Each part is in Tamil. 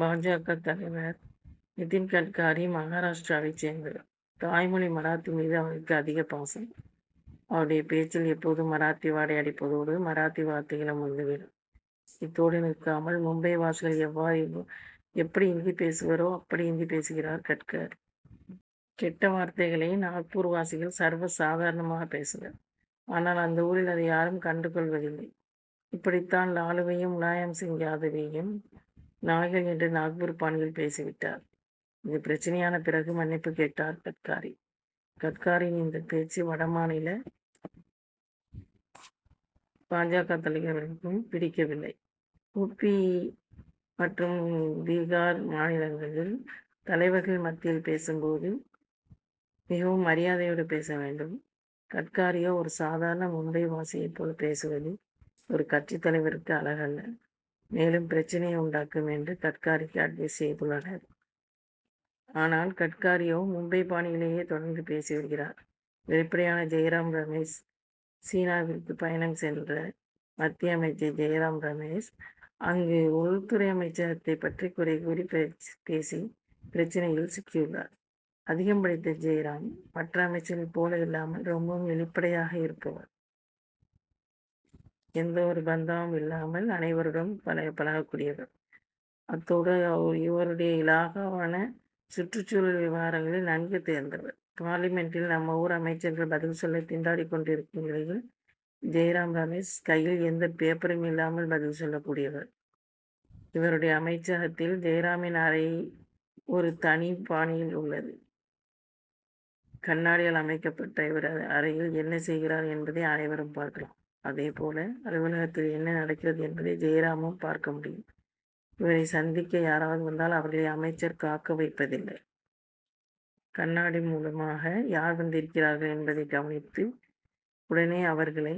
பா. ஜ., தலைவர் நிதின் கட்காரி மகாராஷ்டிராவைச் சேர்ந்தவர். தாய்மொழி மராத்தி மீது அவருக்கு அதிக பாசம். அவருடைய பேச்சில் எப்போதும் மராத்தி வாடை அடிப்பதோடு, மராத்தி வார்த்தைகளும் வந்து விழும். இத்தோடு நிற்காமல் மும்பை வாசிகள் எப்படி இந்தி பேசுவரோ அப்படி இந்தி பேசுகிறார் கட்காரி. கெட்ட வார்த்தைகளை நாக்பூர்வாசிகள் சர்வ சாதாரணமாக பேசுவர். ஆனால், அந்த ஊரில் அதை யாரும் கண்டுகொள்வதில்லை. இப்படித்தான் லாலுவையும், முலாயம் சிங் யாதவையும், நாய்கள் என்று நாக்பூர் பாணியில் பேசிவிட்டார். இது பிரச்னையான பிறகு மன்னிப்பு கேட்டார் கட்காரி. கட்காரியின் இந்த பேச்சு, வட மாநில பா. ஜ., தலைவர்களுக்குப் பிடிக்கவில்லை. 'உ. பி., மற்றும் பீகார் மாநிலங்களில் தலைவர்கள் மத்தியில் பேசும் போது மிகவும் மரியாதையோடு பேச வேண்டும். கட்காரியோ ஒரு சாதாரண மும்பைவாசியைப் போல பேசுவது ஒரு கட்சித் தலைவருக்கு அழகல்ல. மேலும், பிரச்னையை உண்டாக்கும்' என்று கட்காரிக்கு அட்வைஸ் செய்துள்ளனர். ஆனால், கட்காரியோ மும்பை பாணியிலேயே தொடர்ந்து பேசி வருகிறார். வெளிப்படையான ஜெய்ராம் ரமேஷ் சீனாவிற்கு பயணம் சென்ற மத்திய அமைச்சர் ஜெய்ராம் ரமேஷ், அங்கு உள்துறை அமைச்சகத்தைப் பற்றி குறை கூறி பேசி பிரச்னையில் சிக்கியுள்ளார். அதிகம் படித்த ஜெய்ராம், மற்ற அமைச்சர்கள் போல இல்லாமல், ரொம்பவும் வெளிப்படையாக இருப்பவர். எந்த ஒரு பந்தாவும் இல்லாமல் அனைவருடன் பழகக் கூடியவர். அத்தோடு அவருடைய இலாகாவான சுற்றுச் சூழல் விவகாரங்களில் நன்கு தேர்ந்தவர். பார்லிமென்டில் நம்ம ஊர் அமைச்சர்கள் பதில் சொல்ல திண்டாடிக் கொண்டிருக்கும் நிலையில், ஜெய்ராம் ரமேஷ் கையில் எந்த பேப்பரும் இல்லாமல் பதில் சொல்லக் கூடியவர். இவருடைய அமைச்சகத்தில் ஜெய்ராமின் அறை ஒரு தனி பாணியில் உள்ளது. கண்ணாடியால் அமைக்கப் பட்ட இவருடைய அறையில் என்ன செய்கிறார் என்பதை அனைவரும் பார்க்கலாம். அதே போல அலுவலகத்தில் என்ன நடக்கிறது என்பதை ஜெய்ராமும் பார்க்க முடியும். இவரை சந்திக்க யாராவது வந்தால், அவர்களை அமைச்சர் காக்க வைப்பதில்லை. கண்ணாடி மூலமாக யார் வந்திருக்கிறார்கள் என்பதை கவனித்து, உடனே அவர்களை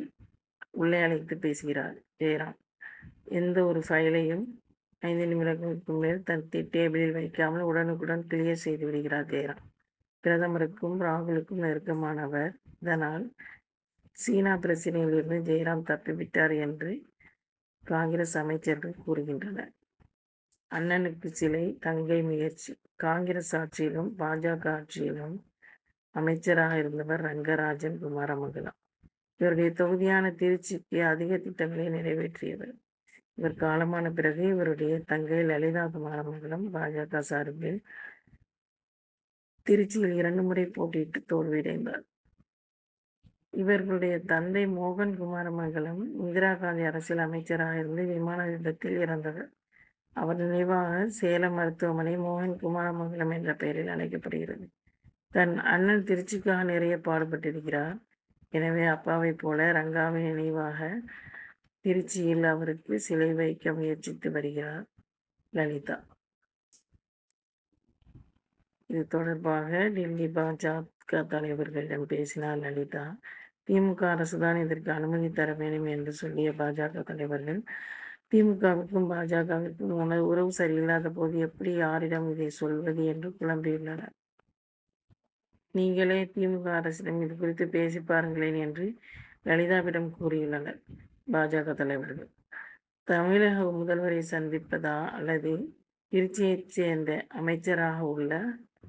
உள்ளே அழைத்து, பேசுகிறார் ஜெய்ராம். எந்த ஒரு பைலையும், ஐந்து நிமிடங்களுக்கு மேல் தன் டேபிளில் வைக்காமல் உடனுக்குடன், 'க்ளியர்' செய்துவிடுகிறார் ஜெய்ராம். பிரதமருக்கும், ராகுலுக்கும் நெருக்கமானவர். இதனால், சீனா பிரச்னையிலிருந்து ஜெய்ராம் தப்பிவிட்டார் என்று காங்கிரஸ் அமைச்சர்கள் கூறுகின்றனர். அண்ணனுக்கு சிலை தங்கை முயற்சி காங்கிரஸ் ஆட்சியிலும், பா. ஜ., அரசிலும் அமைச்சராக இருந்தவர் ரங்கராஜன் குமாரமங்கலம். இவருடைய தொகுதியான திருச்சிக்கு, அதிக திட்டங்களை நிறைவேற்றியவர், இவர் காலமான பிறகு இவருடைய தங்கை லலிதா குமாரமங்கலம், பா. ஜ., சார்பாக திருச்சியில் இரண்டு முறை போட்டியிட்டு தோல்வியடைந்தார். இவர்களுடைய தந்தை மோகன் குமாரமங்கலம், இந்திரா காந்தி அரசில் அமைச்சராக இருந்து, விமான விபத்தில் இறந்தவர். அவர் நினைவாக சேலம் மருத்துவமனை மோகன் குமாரமங்கலம் என்ற பெயரில் அழைக்கப்படுகிறது. தன் அண்ணன் திருச்சிக்காக நிறைய பாடுபட்டிருக்கிறார். எனவே, அப்பாவைப் போல ரங்காவின் நினைவாக திருச்சியில் அவருக்கு சிலை வைக்க முயற்சித்து வருகிறார் லலிதா. இது தொடர்பாக, டில்லி பா. ஜ., தலைவர்களிடம் பேசினார் லலிதா. தி. மு. க., அரசுதான் இதற்கு அனுமதி தர வேண் டும் என்று சொல்லிய பா. ஜ., தலைவர்கள், தி. மு. க.,விற்கும் பா. ஜ.,விற்கும் உறவு சரியில்லாத போது எப்படி, யாரிடம் இதைச் சொல்வது என்று குழம்பியுள் ளார். நீங்களே தி. மு. க., அரசிடம் இதுகுறித்து பேசிப் பாருங்களேன் என்று லலிதாவிடம் கூறியுள்ளனர் பா. ஜ., தலைவர்கள். தமிழக முதல்வரை சந்திப் பதா அல்லது முதலில் திருச்சியை சேர்ந்த அமைச்சராக உள்ள